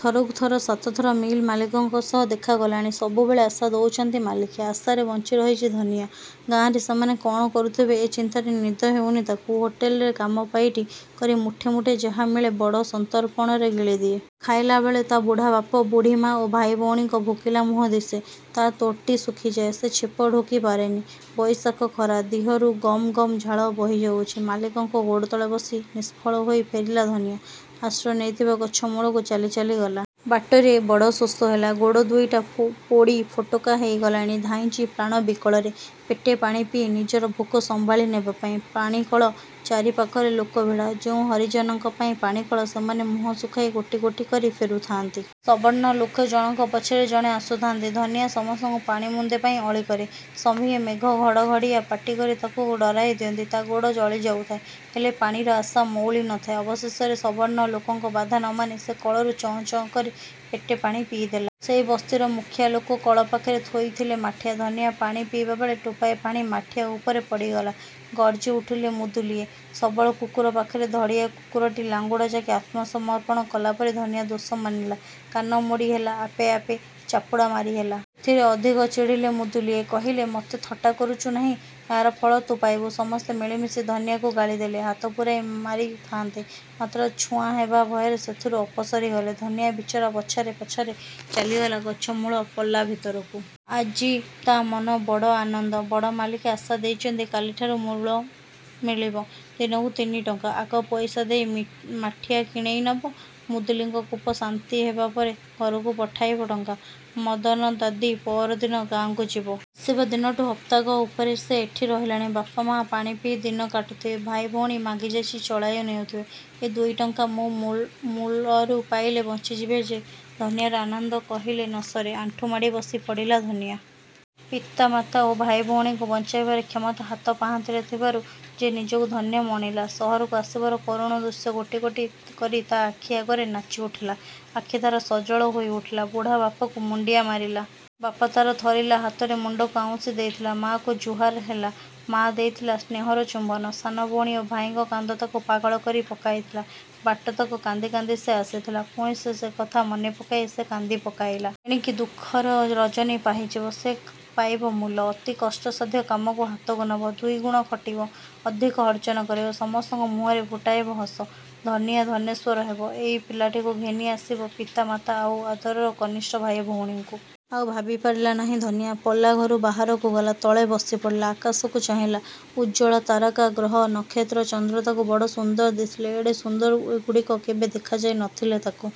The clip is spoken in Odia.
ଥରକୁ ଥର ସାତଥର ମିଲ ମାଲିକଙ୍କ ସହ ଦେଖା କଲାଣି। ସବୁବେଳେ ଆଶା ଦଉଛନ୍ତି ମାଲିକେ। ଆଶାରେ ବଞ୍ଚିରହିଚି ଧନିଆ। ଗାଁ'ରେ ସେମାନେ କ'ଣ କରୁଥିବେ ଏ ଚିନ୍ତାରେ ନିଦ ହେଉନି ତାକୁ। ହୋଟେଲରେ କାମ ପାଇଟି କରି ମୁଠେ ମୁଠେ ଯାହା ମିଳେ ବଡ଼ ସନ୍ତର୍ପଣରେ ଗିଳିଦିଏ। ଖାଇଲାବେଳେ ତା ବୁଢ଼ାବାପ, ବୁଢ଼ୀମା ଓ ଭାଇ ଭଉଣୀଙ୍କ ଭୋକିଲା ମୁହଁ ଦିଶେ। ତା ତୋଟି ଶୁଖିଯାଏ। ସେ ଛେପ ଢୋକି ପାରେନି। ବଇଶାଖ ଖରା। ଦିହରୁ ଗମ୍ ଗମ୍ ଝାଳ ବହିଯାଉଚି। ମାଲିକଙ୍କ ଗୋଡ଼ତଳେ ବସି ବସି ନିଷ୍ଫଳ ହୋଇ ଫେରିଲା ଧନିଆଁ। ଆଶ୍ରୟ ନେଇଥିବା ଗଛ ମୂଳକୁ ଚାଲି ଚାଲି ଗଲା। ବାଟରେ ବଡ଼ ଶୋଷ ହେଲା। ଗୋଡ଼ ଦୁଇଟା ପୋଡ଼ି ଫୋଟକା ହେଇଗଲାଣି। ଧାଇଁଚି ପ୍ରାଣ ବିକଳରେ ପେଟେ ପାଣି ପିଇ ନିଜର ଭୋକ ସମ୍ଭାଳି ନେବାପାଇଁ। ପାଣି କଳ ଚାରି ପାଖରେ ଲୋକ ଭିଡ଼। ଯେଉଁ ହରିଜନଙ୍କ ପାଇଁ ପାଣିକଳ, ସେମାନେ ମୁହଁ ଶୁଖାଇ ଗୋଟି ଗୋଟି କରି ଫେରୁଥାଆନ୍ତି। ସବର୍ଣ୍ଣ ଲୋକେ ଜଣଙ୍କ ପଛରେ ଜଣେ ଆସୁଥାଆନ୍ତି। ଧନିଆ ସମସ୍ତଙ୍କୁ ପାଣି ମୁନ୍ଦେ ପାଇଁ ଅଳି କରେ। ସଭିଏ ମେଘ ଘଡ଼ଘଡ଼ିଆ ପାଟି କରି ତାକୁ ଡରାଇ ଦିଅନ୍ତି। ତା ଗୋଡ଼ ଜଳି ଯାଉଥାଏ; ହେଲେ ପାଣିର ଆଶା ମଉଳି ନ ଥାଏ। ଅବଶେଷରେ ସବର୍ଣ୍ଣ ଲୋକଙ୍କ ବାଧା ନ ମାନି ସେ କଳରୁ ଚଁ ଚଁ କରି ପେଟେ ପାଣି ପିଇଦେଲା। ସେହି ବସ୍ତିର ମୁଖିଆ ଲୋକ କଳ ପାଖରେ ଥୋଇଥିଲେ ମାଠିଆ। ଧନିଆ ପାଣି ପିଇବାବେଳେ ଟୋପାଏ ପାଣି ମାଠିଆ ଉପରେ ପଡ଼ିଗଲା। ଗର୍ଜି ଉଠିଲେ ମୁଦୁଲିଏ। ସବଳ କୁକୁର ପାଖରେ ଧଡ଼ିଆ କୁକୁରଟି ଲାଙ୍ଗୁଡ଼ ଜାକି ଆତ୍ମସମର୍ପଣ କଲାପରି ଧନିଆ ଦୋଷ ମାନିଲା। କାନ ମୋଡ଼ି ହେଲା ଆପେ ଆପେ; ଚାପୁଡ଼ା ମାରିହେଲା। ଏଥିରେ ଅଧିକ ଚିଡ଼ିଲେ ମୁଦୁଲିଏ। କହିଲେ—ମତେ ଥଟ୍ଟା କରୁଚୁ ନାହିଁ? ଏହାର ଫଳ ତୁ ପାଇବୁ। ସମସ୍ତେ ମିଳିମିଶି ଧନିଆକୁ ଗାଳିଦେଲେ। ହାତ ପୁରାଇ ମାରି ଥାଆନ୍ତେ; ମାତ୍ର ଛୁଆଁ ହେବା ଭୟରେ ସେଥିରୁ ଅପସରି ଗଲେ। ଧନିଆ ବିଚରା ପଛାଇ ପଛାଇ ଚାଲିଗଲା ଗଛ ମୂଳ ପଲା ଭିତରକୁ। ଆଜି ତା ମନ ବଡ଼ ଆନନ୍ଦ। ବଡ଼ ମାଲିକେ ଆଶା ଦେଇଛନ୍ତି। କାଲିଠାରୁ ମୂଲ ମିଳିବ। ଦିନକୁ ତିନି ଟଙ୍କା। ଆଗ ପଇସା ଦେଇ ମାଠିଆ କିଣେଇ ନବ। ମୁଦୁଲିଙ୍କ କୋପ ଶାନ୍ତି ହେବା ପରେ ଘରକୁ ପଠାଇବ ଟଙ୍କା। ମଦନ ଦାଦି ପଅରଦିନ ଗାଁକୁ ଯିବ। ଆସିବା ଦିନଠୁ ହପ୍ତାକ ଉପରେ ସେ ଏଠି ରହିଲାଣି। ବାପ ମା ପାଣିପିଇ ଦିନ କାଟୁଥିବେ। ଭାଇ ଭଉଣୀ ମାଗି ଯାଚି ଚଳାଇ ନେଉଥିବେ। "ଏ ଦୁଇଟଙ୍କା ମୋ ମୂଲରୁ ପାଇଲେ ବଞ୍ଚିଯିବେ ଯେ! " ଧନିଆର ଆନନ୍ଦ କହିଲେ ନ ସରେ। ଆଣ୍ଠୁମାଡ଼ି ବସି ପଡ଼ିଲା ଧନିଆ। ପିତା ମାତା ଓ ଭାଇ ଭଉଣୀଙ୍କୁ ବଞ୍ଚାଇବାର କ୍ଷମତା ହାତ ପାହାନ୍ତିରେ ଥିବାରୁ ଯେ ନିଜକୁ ଧନ୍ୟ ମଣିଲା, ସହରକୁ ଆସିବାର କରୁଣ ଦୃଶ୍ୟ ଗୋଟି ଗୋଟି କରି ତା ଆଖି ଆଗରେ ନାଚି ଉଠିଲା। ଆଖି ତାର ସଜଳ ହୋଇ ଉଠିଲା। ବୁଢ଼ା ବାପକୁ ମୁଣ୍ତିଆ ମାରିଲା। ବାପ ତାର ଥରିଲା ହାତରେ ମୁଣ୍ତକୁ ଆଉଁସି ଦେଇଥିଲା-। ମା'କୁ ଜୁହାର ହେଲା। ମା ଦେଇଥିଲା ସ୍ନେହର ଚୁମ୍ବନ। ସାନ ଭଉଣୀ ଓ ଭାଇଙ୍କ କାନ୍ଦ ତାକୁ ପାଗଳ କରି ପକାଇଥିଲା। ବାଟତକ କାନ୍ଦି କାନ୍ଦି ସେ ଆସିଥିଲା। ପୁଣି ସେ କଥା ମନେ ପକାଇ ସେ କାନ୍ଦି ପକାଇଲା। ଏଣିକି ଦୁଃଖର ରଜନୀ ପାହିଯିବ। ସେ ପାଇବ ମୂଲ। ଅତି କଷ୍ଟସାଧ୍ୟ କାମକୁ ହାତକୁ ନେବ। ଦୁଇଗୁଣ ଖଟିବ। ଅଧିକ ଅର୍ଜନ କରିବ। ସମସ୍ତଙ୍କ ମୁହଁରେ ଫୁଟାଇବ ହସ। ଧନିଆ ଧନେଶ୍ୱର ହେବ। ଏଇ ପଲାଟିକୁ ଘେନି ଆସିବ ପିତା, ମାତା ଆଉ ଆଦରର କନିଷ୍ଟ ଭାଇ ଭଉଣୀଙ୍କୁ। ଆଉ ଭାବି ପାରିଲା ନାହିଁ ଧନିଆ। ପଲା ଘରୁ ବାହାରକୁ ଗଲା-। ତଳେ ବସିପଡ଼ିଲା। ଆକାଶକୁ ଚାହିଁଲା। ଉଜ୍ଜ୍ୱଳ ତାରକା, ଗ୍ରହ, ନକ୍ଷତ୍ର, ଚନ୍ଦ୍ର ତାକୁ ବଡ଼ ସୁନ୍ଦର ଦିଶିଲେ-। ଏତେ ସୁନ୍ଦର ଏଗୁଡ଼ିକ କେବେ ଦେଖାଯାଇ ନ ଥିଲେ ତାକୁ।